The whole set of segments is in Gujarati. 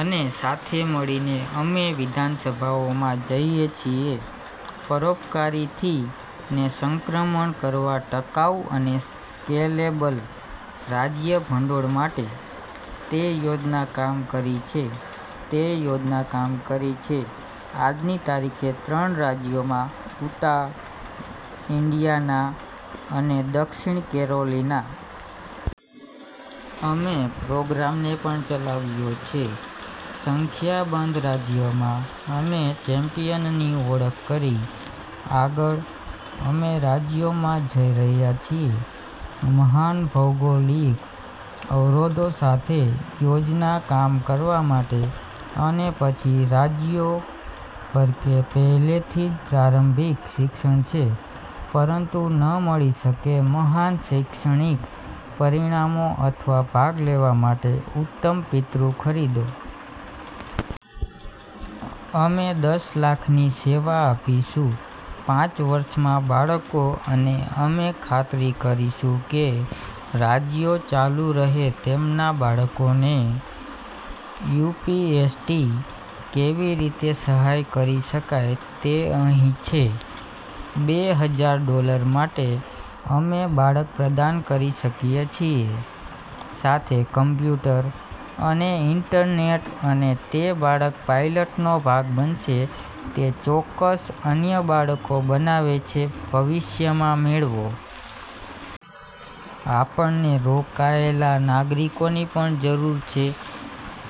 અને સાથે મળીને અમે વિધાનસભાઓમાં જઈએ છીએ પરોપકારીથી ને સંક્રમણ કરવા ટકાઉ અને સ્કેલેબલ રાજ્ય ભંડોળ માટે. તે યોજના કામ કરી છે. તે યોજના કામ કરી છે આજની તારીખે ત્રણ રાજ્યોમાં: ઉતાહ, ઇન્ડિયાના અને દક્ષિણ કેરોલિના. અમે પ્રોગ્રામને પણ ચલાવ્યો છે સંખ્યાબંધ રાજ્યોમાં અને ચેમ્પિયનની ઓળખ કરી. આગળ, અમે રાજ્યોમાં જઈ રહ્યા છીએ મહાન ભૌગોલિક અવરોધો સાથે યોજના કામ કરવા માટે અને પછી રાજ્યો પર કે પહેલેથી જ પ્રારંભિક શિક્ષણ છે પરંતુ ન મળી શકે મહાન શૈક્ષણિક પરિણામો અથવા ભાગ લેવા માટે ઉત્તમ પિતૃ ખરીદો. અમે દસ લાખની સેવા આપીશું પાંચ વર્ષમાં બાળકો અને અમે ખાતરી કરીશું કે રાજ્યો ચાલુ રહે તેમના બાળકોને યુ.પી.એસ.ટી. કેવી રીતે સહાય કરી શકાય તે અહીં છે. બે હજાર ડોલર માટે અમે બાળક પ્રદાન કરી શકીએ છીએ સાથે કમ્પ્યુટર અને ઇન્ટરનેટ અને તે બાળક પાઇલટનો ભાગ બનશે તે ચોક્કસ અન્ય બાળકો બનાવે છે ભવિષ્યમાં મેળવો. આપણને રોકાયેલા નાગરિકોની પણ જરૂર છે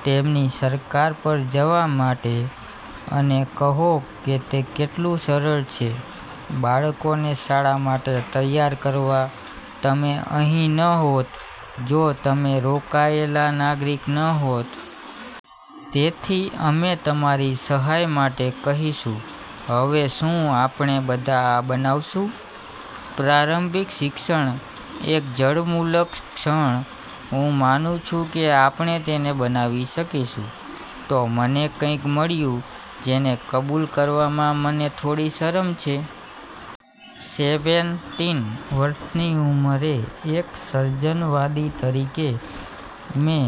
તેમની સરકાર પર જવા માટે અને કહો કે તે કેટલું સરળ છે બાળકોને શાળા માટે તૈયાર કરવા. તમે અહીં ન હોત જો તમે રોકાયેલા નાગરિક ન હોત. તેથી અમે તમારી સહાય માટે કહીશું. હવે, શું આપણે બધા આ બનાવશું? પ્રારંભિક શિક્ષણ એક જળમૂલક ક્ષણ? હું માનું છું કે આપણે તેને બનાવી શકીશું. તો મને કંઈક મળ્યું જેને કબૂલ કરવામાં મને થોડી શરમ છે. સેવેનટીન વર્ષની ઉંમરે એક સર્જનવાદી તરીકે, મેં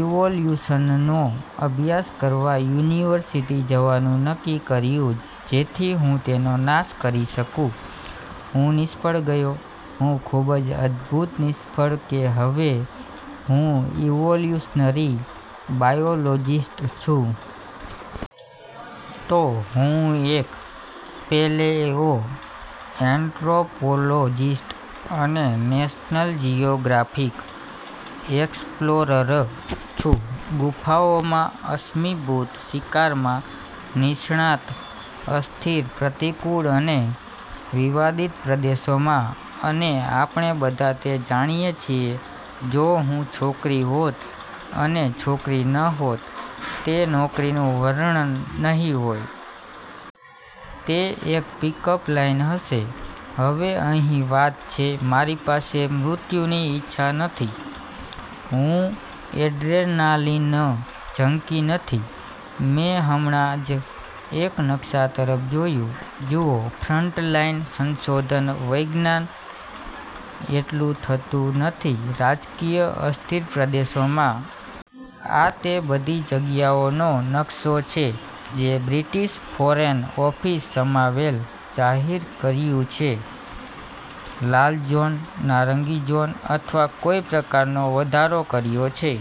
ઇવોલ્યુશનનો અભ્યાસ કરવા યુનિવર્સિટી જવાનું નક્કી કર્યું જેથી હું તેનો નાશ કરી શકું. હું નિષ્ફળ ગયો. હું ખૂબ જ અદભૂત નિષ્ફળ કે હવે હું ઇવોલ્યુશનરી બાયોલોજિસ્ટ છું. તો હું એક પેલેઓએન્ટ્રોપોલોજિસ્ટ અને નેશનલ જિયોગ્રાફિક એક્સપ્લોરર છું. ગુફાઓમાં અશ્મિભૂત શિકારમાં નિષ્ણાત અસ્થિર, પ્રતિકૂળ અને વિવાદિત પ્રદેશોમાં. અને આપણે બધા તે જાણીએ છીએ જો હું છોકરી હોત અને છોકરી ન હોત, તે નોકરીનું વર્ણન નહીં હોય. તે એક પિક-અપ લાઇન હશે. હવે, અહીં વાત છે. મારી પાસે મૃત્યુની ઇચ્છા નથી. હું એડ્રેનાલિન જંકી નથી. મેં હમણાં જ એક નકશા તરફ જોયું. જુઓ, ફ્રન્ટલાઈન સંશોધન વૈજ્ઞાન એટલું થતું નથી રાજકીય અસ્થિર પ્રદેશોમાં. આ તે બધી જગ્યાઓનો નકશો છે જે બ્રિટીશ ફોરેન ઓફિસ સમાવેલ જાહેર કર્યું છે લાલ ઝોન, નારંગી ઝોન અથવા કોઈ પ્રકારનો વધારો કર્યો છે.